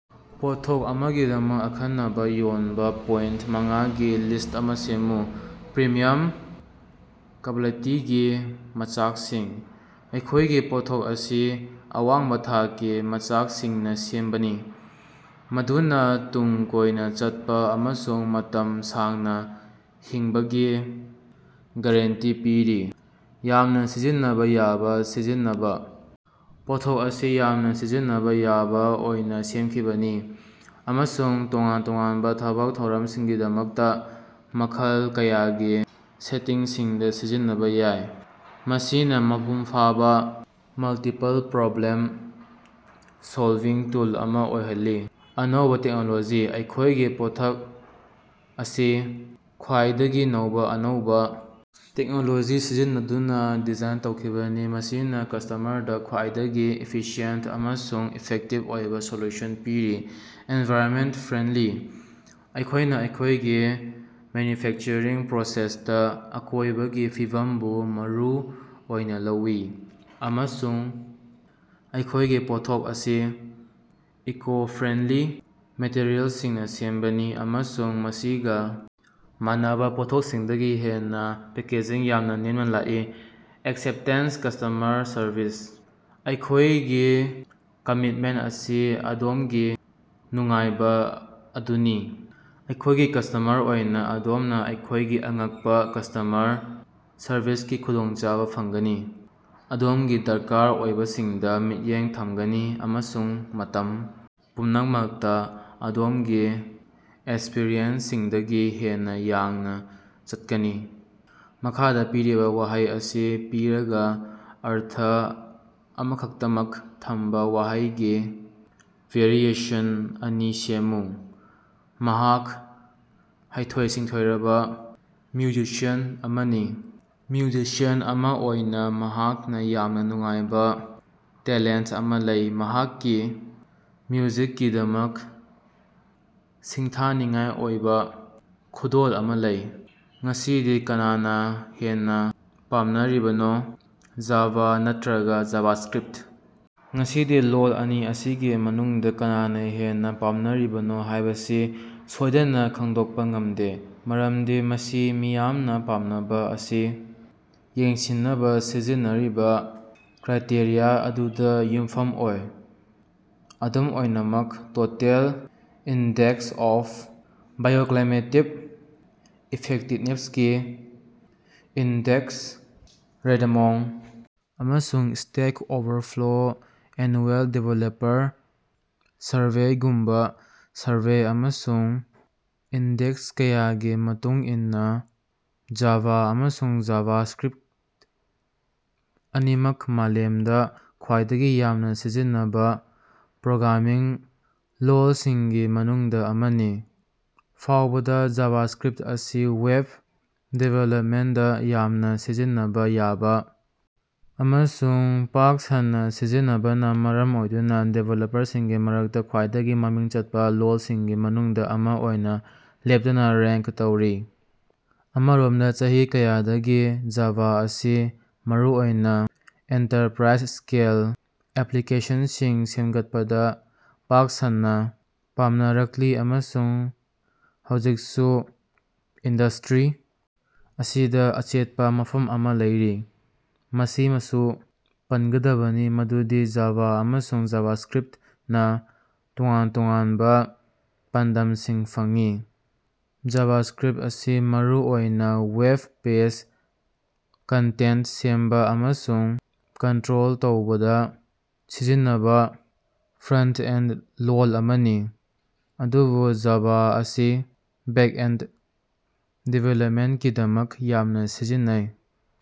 ꯄꯣꯠꯊꯣꯛ ꯑꯃꯒꯤꯗꯃꯛ ꯑꯈꯟꯅꯕ ꯌꯣꯟꯕ ꯄꯣꯏꯟꯇ ꯃꯉꯥꯒꯤ ꯂꯤꯁ꯭ꯠ ꯑꯃ ꯁꯦꯝꯃꯨ꯫ ꯄ꯭ꯔꯤꯃꯤꯌꯝ ꯀ꯭ꯕꯥꯂꯤꯇꯤꯒꯤ ꯃꯆꯥꯛꯁꯤꯡ: ꯑꯩꯈꯣꯏꯒꯤ ꯄꯣꯠꯊꯣꯛ ꯑꯁꯤ ꯑꯋꯥꯡꯕ ꯊꯥꯛꯀꯤ ꯃꯆꯥꯛꯁꯤꯡꯅ ꯁꯦꯝꯕꯅꯤ꯫ ꯃꯗꯨꯅ ꯇꯨꯡ ꯀꯣꯏꯅ ꯆꯠꯄ ꯑꯃꯁꯨꯡ ꯃꯇꯝ ꯁꯥꯡꯅ ꯍꯤꯡꯕꯒꯤ ꯒꯔꯦꯟꯇꯤ ꯄꯤꯔꯤ꯫ ꯌꯥꯝꯅ ꯁꯤꯖꯤꯟꯅꯕ ꯌꯥꯕ ꯁꯤꯖꯤꯟꯅꯕ: ꯄꯣꯠꯊꯣꯛ ꯑꯁꯤ ꯌꯥꯝꯅ ꯁꯤꯖꯤꯟꯅꯕ ꯌꯥꯕ ꯑꯣꯏꯅ ꯁꯦꯝꯈꯤꯕꯅꯤ꯫ ꯑꯃꯁꯨꯡ ꯇꯣꯉꯥꯟ ꯇꯣꯉꯥꯟꯕ ꯊꯕꯛ ꯊꯧꯔꯝꯁꯤꯡꯒꯤꯗꯃꯛꯇ ꯃꯈꯜ ꯀꯌꯥꯒꯤ ꯁꯦꯇꯤꯡꯁꯤꯡꯗ ꯁꯤꯖꯤꯟꯅꯕ ꯌꯥꯏ꯫ ꯃꯁꯤꯅ ꯃꯄꯨꯡ ꯐꯥꯕ ꯃꯜꯇꯤꯄꯜ ꯄ꯭ꯔꯣꯕ꯭ꯂꯦꯝ-ꯁꯣꯜꯕꯤꯡ ꯇꯨꯜ ꯑꯃ ꯑꯣꯏꯍꯜꯂꯤ꯫ ꯑꯅꯧꯕ ꯇꯦꯛꯅꯣꯂꯣꯖꯤ: ꯑꯩꯈꯣꯏꯒꯤ ꯄꯣꯠꯊꯣꯛ ꯑꯁꯤ ꯈ꯭ꯋꯥꯏꯗꯒꯤ ꯅꯧꯕ ꯑꯅꯧꯕ ꯇꯦꯛꯅꯣꯂꯣꯖꯤ ꯁꯤꯖꯤꯟꯅꯗꯨꯅ ꯗꯤꯖꯥꯏꯟ ꯇꯧꯈꯤꯕꯅꯤ꯫ ꯃꯁꯤꯅ ꯀꯁ꯭ꯇꯃꯔꯗ ꯈ꯭ꯋꯥꯏꯗꯒꯤ ꯏꯐꯤꯁꯤꯌꯦꯟꯇ ꯑꯃꯁꯨꯡ ꯏꯐꯦꯛꯇꯤꯕ ꯑꯣꯏꯕ ꯁꯣꯂꯨꯁꯟ ꯄꯤꯔꯤ꯫ ꯑꯦꯟꯚꯥꯏꯔꯟꯃꯦꯟꯇ ꯐ꯭ꯔꯦꯟꯗꯂꯤ: ꯑꯩꯈꯣꯏꯅ ꯑꯩꯈꯣꯏꯒꯤ ꯃꯦꯟꯌꯨꯐꯦꯛꯆ꯭ꯔꯤꯡ ꯄ꯭ꯔꯣꯁꯦꯁꯇ ꯑꯀꯣꯏꯕꯒꯤ ꯐꯤꯕꯝꯕꯨ ꯃꯔꯨ ꯑꯣꯏꯅ ꯂꯧꯏ꯫ ꯑꯃꯁꯨꯡ ꯑꯩꯈꯣꯏꯒꯤ ꯄꯣꯠꯊꯣꯛ ꯑꯁꯤ ꯏꯀꯣꯐ꯭ꯔꯦꯟꯗꯂꯤ ꯃꯦꯇꯔꯤꯑꯦꯜꯁꯤꯡꯅ ꯁꯦꯝꯕꯅꯤ꯫ ꯑꯃꯁꯨꯡ ꯃꯁꯤꯒ ꯃꯥꯟꯅꯕ ꯄꯣꯠꯊꯣꯛꯁꯤꯡꯗꯒꯤ ꯍꯦꯟꯅ ꯄꯦꯀꯦꯖꯤꯡ ꯌꯥꯝꯅ ꯅꯦꯝꯅ ꯂꯥꯛꯏ꯫ ꯑꯦꯛꯁꯦꯞꯇꯦꯟꯁ ꯀꯁ꯭ꯇꯃꯔ ꯁꯔꯕꯤꯁ: ꯑꯩꯈꯣꯏꯒꯤ ꯀꯃꯤꯠꯃꯦꯟꯇ ꯑꯁꯤ ꯑꯗꯣꯝꯒꯤ ꯅꯨꯡꯉꯥꯏꯕ ꯑꯗꯨꯅꯤ꯫ ꯑꯩꯈꯣꯏꯒꯤ ꯀꯁ꯭ꯇꯃꯔ ꯑꯣꯏꯅ ꯑꯗꯣꯝꯅ ꯑꯩꯈꯣꯏꯒꯤ ꯑꯉꯛꯄ ꯀꯁ꯭ꯇꯃꯔ ꯁꯔꯕꯤꯁꯀꯤ ꯈꯨꯗꯣꯡꯆꯥꯕ ꯐꯪꯒꯅꯤ꯫ ꯑꯗꯣꯝꯒꯤ ꯗꯔꯀꯥꯔ ꯑꯣꯏꯕꯁꯤꯡꯗ ꯃꯤꯠꯌꯦꯡ ꯊꯝꯒꯅꯤ ꯑꯃꯁꯨꯡ ꯃꯇꯝ ꯄꯨꯝꯅꯃꯛꯇ ꯑꯗꯣꯝꯒꯤ ꯑꯦꯁ꯭ꯄꯤꯔꯦꯁꯟꯁꯤꯡꯗꯒꯤ ꯍꯦꯟꯅ ꯌꯥꯡꯅ ꯆꯠꯀꯅꯤ꯫ ꯃꯈꯥꯗ ꯄꯤꯔꯤꯕ ꯋꯥꯍꯩ ꯑꯁꯤ ꯄꯤꯔꯒ ꯑꯔꯊ ꯑꯃꯈꯛꯇꯃꯛ ꯊꯝꯕ ꯋꯥꯍꯩꯒꯤ ꯚꯦꯔꯤꯑꯦꯁꯟ ꯑꯅꯤ ꯁꯦꯝꯃꯨ꯫ ꯃꯍꯥꯛ ꯍꯩꯊꯣꯏ-ꯁꯤꯡꯊꯣꯏꯔꯕ ꯃ꯭ꯌꯨꯖꯤꯁꯤꯌꯥꯟ ꯑꯃꯅꯤ꯫ ꯃ꯭ꯌꯨꯖꯤꯁꯤꯌꯥꯟ ꯑꯃ ꯑꯣꯏꯅ ꯃꯍꯥꯛꯅ ꯌꯥꯝꯅ ꯅꯨꯡꯉꯥꯏꯕ ꯇꯦꯂꯦꯟꯇ ꯑꯃ ꯂꯩ꯫ ꯃꯍꯥꯛꯀꯤ ꯃ꯭ꯌꯨꯖꯤꯛꯀꯤꯗꯃꯛ ꯁꯤꯡꯊꯥꯅꯤꯡꯉꯥꯏ ꯑꯣꯏꯕ ꯈꯨꯗꯣꯜ ꯑꯃ ꯂꯩ꯫ ꯉꯁꯤꯗꯤ ꯀꯅꯥꯅ ꯍꯦꯟꯅ ꯄꯥꯝꯅꯔꯤꯕꯅꯣ ꯖꯥꯚꯥ ꯅꯠꯇ꯭ꯔꯒ ꯖꯥꯚꯥꯁ꯭ꯀꯔꯤꯞꯇ? ꯉꯁꯤꯗꯤ ꯂꯣꯜ ꯑꯅꯤ ꯑꯁꯤꯒꯤ ꯃꯅꯨꯡꯗ ꯀꯅꯥꯅ ꯍꯦꯟꯅ ꯄꯥꯝꯅꯔꯤꯕꯅꯣ ꯍꯥꯏꯕꯁꯤ ꯁꯣꯏꯗꯅ ꯈꯪꯗꯣꯛꯄ ꯉꯝꯗꯦ꯫ ꯃꯔꯝꯗꯤ ꯃꯁꯤ ꯃꯤꯌꯥꯝꯅ ꯄꯥꯝꯅꯕ ꯑꯁꯤ ꯌꯦꯡꯁꯤꯟꯅꯕ ꯁꯤꯖꯤꯟꯅꯔꯤꯕ ꯀ꯭ꯔꯥꯏꯇꯦꯔꯤꯌꯥ ꯑꯗꯨꯗ ꯌꯨꯝꯐꯝ ꯑꯣꯏ꯫ ꯑꯗꯨꯝ ꯑꯣꯏꯅꯃꯛ total index of bioclimatic effectiveness ꯒꯤ ꯏꯟꯗꯦꯛꯁ ,ꯔꯦꯗꯃꯣꯡ, ꯑꯃꯁꯨꯡ ꯁ꯭ꯇꯦꯛ ꯑꯣꯚꯔꯐ꯭ꯂꯣ ꯑꯦꯅꯨꯑꯦꯜ ꯗꯤꯕꯦꯂꯄꯔ ꯁꯔꯚꯦꯒꯨꯝꯕ ꯁꯔꯚꯦ ꯑꯃꯁꯨꯡ ꯏꯟꯗꯦꯛꯁ ꯀꯌꯥꯒꯤ ꯃꯇꯨꯡ ꯏꯟꯅꯥ ꯖꯥꯚꯥ ꯑꯃꯁꯨꯡ ꯖꯥꯚꯥꯁ꯭ꯀꯔꯤꯞꯇ ꯑꯅꯤꯃꯛ ꯃꯥꯂꯦꯝꯗ ꯈ꯭ꯋꯥꯏꯗꯒꯤ ꯌꯥꯝꯅ ꯁꯤꯖꯤꯟꯅꯕ ꯄ꯭ꯔꯣꯒ꯭ꯔꯥꯝꯃꯤꯡ ꯂꯣꯜꯁꯤꯡꯒꯤ ꯃꯅꯨꯡꯗ ꯑꯃꯅꯤ꯫ ꯐꯥꯎꯕꯗ, ꯖꯥꯚꯥꯁ꯭ꯛꯔꯤꯞꯇ ꯑꯁꯤ ꯋꯦꯕ ꯗꯤꯕꯦꯂꯄꯃꯦꯟꯇꯗ ꯌꯥꯝꯅ ꯁꯤꯖꯤꯟꯅꯕ ꯌꯥꯕ ꯑꯃꯁꯨꯡ ꯄꯥꯛ ꯁꯟꯅ ꯁꯤꯖꯤꯟꯅꯕꯅ ꯃꯔꯝ ꯑꯣꯏꯗꯨꯅ ꯗꯤꯕꯦꯂꯄꯔꯁꯤꯡꯒꯤ ꯃꯔꯛꯇꯥ ꯈ꯭ꯋꯥꯏꯗꯒꯤ ꯃꯃꯤꯡ ꯆꯠꯄ ꯂꯣꯜꯁꯤꯡꯒꯤ ꯃꯅꯨꯡꯗ ꯑꯃ ꯑꯣꯏꯅ ꯂꯦꯞꯇꯅ ꯔꯦꯉ꯭ꯛ ꯇꯧꯔꯤ꯫ ꯑꯃꯔꯣꯝꯗ, ꯆꯍꯤ ꯀꯌꯥꯗꯒꯤ ꯖꯥꯚꯥ ꯑꯁꯤ ꯃꯔꯨꯑꯣꯏꯅ ꯑꯦꯟꯇꯔꯄ꯭ꯔꯥꯏꯖ-ꯁ꯭ꯀꯦꯜ ꯑꯦꯞꯂꯤꯀꯦꯁꯟꯁꯤꯡ ꯁꯦꯝꯒꯠꯄꯗ ꯄꯥꯛ ꯁꯟꯅ ꯄꯥꯝꯅꯔꯛꯂꯤ ꯑꯃꯁꯨꯡ ꯍꯧꯖꯤꯛꯁꯨ ꯏꯟꯗꯁ꯭ꯇꯔꯤ ꯑꯁꯤꯗ ꯑꯆꯦꯠꯄ ꯃꯐꯝ ꯑꯃ ꯂꯩꯔꯤ꯫ ꯃꯁꯤꯃꯁꯨ ꯄꯟꯒꯗꯕꯅꯤ ꯃꯗꯨꯗꯤ ꯖꯥꯚꯥ ꯑꯃꯁꯨꯡ ꯖꯥꯚꯥꯁ꯭ꯛꯔꯤꯞꯇꯅ ꯇꯣꯉꯥꯟ ꯇꯣꯉꯥꯟꯕ ꯄꯥꯟꯗꯝꯁꯤꯡ ꯐꯪꯏ꯫ ꯖꯥꯚꯥꯁ꯭ꯀꯔꯤꯞꯇ ꯑꯁꯤ ꯃꯔꯨ ꯑꯣꯏꯅ ꯋꯦꯕ ꯄꯦꯖ ꯀꯟꯇꯦꯟꯇ ꯁꯦꯝꯕ ꯑꯃꯁꯨꯡ ꯀꯟꯇ꯭ꯔꯣꯜ ꯇꯧꯕꯗ ꯁꯤꯖꯤꯟꯅꯕ ꯐ꯭ꯔꯟꯇ-ꯑꯦꯟꯗ ꯂꯣꯜ ꯑꯃꯅꯤ꯫ ꯑꯗꯨꯕꯨ ꯖꯥꯚꯥ ꯑꯁꯤ ꯕꯦꯛ-ꯑꯦꯟꯗ ꯗꯤꯕꯦꯂꯄꯃꯦꯟꯇꯀꯤꯗꯃꯛ ꯌꯥꯝꯅ ꯁꯤꯖꯤꯟꯅꯩ꯫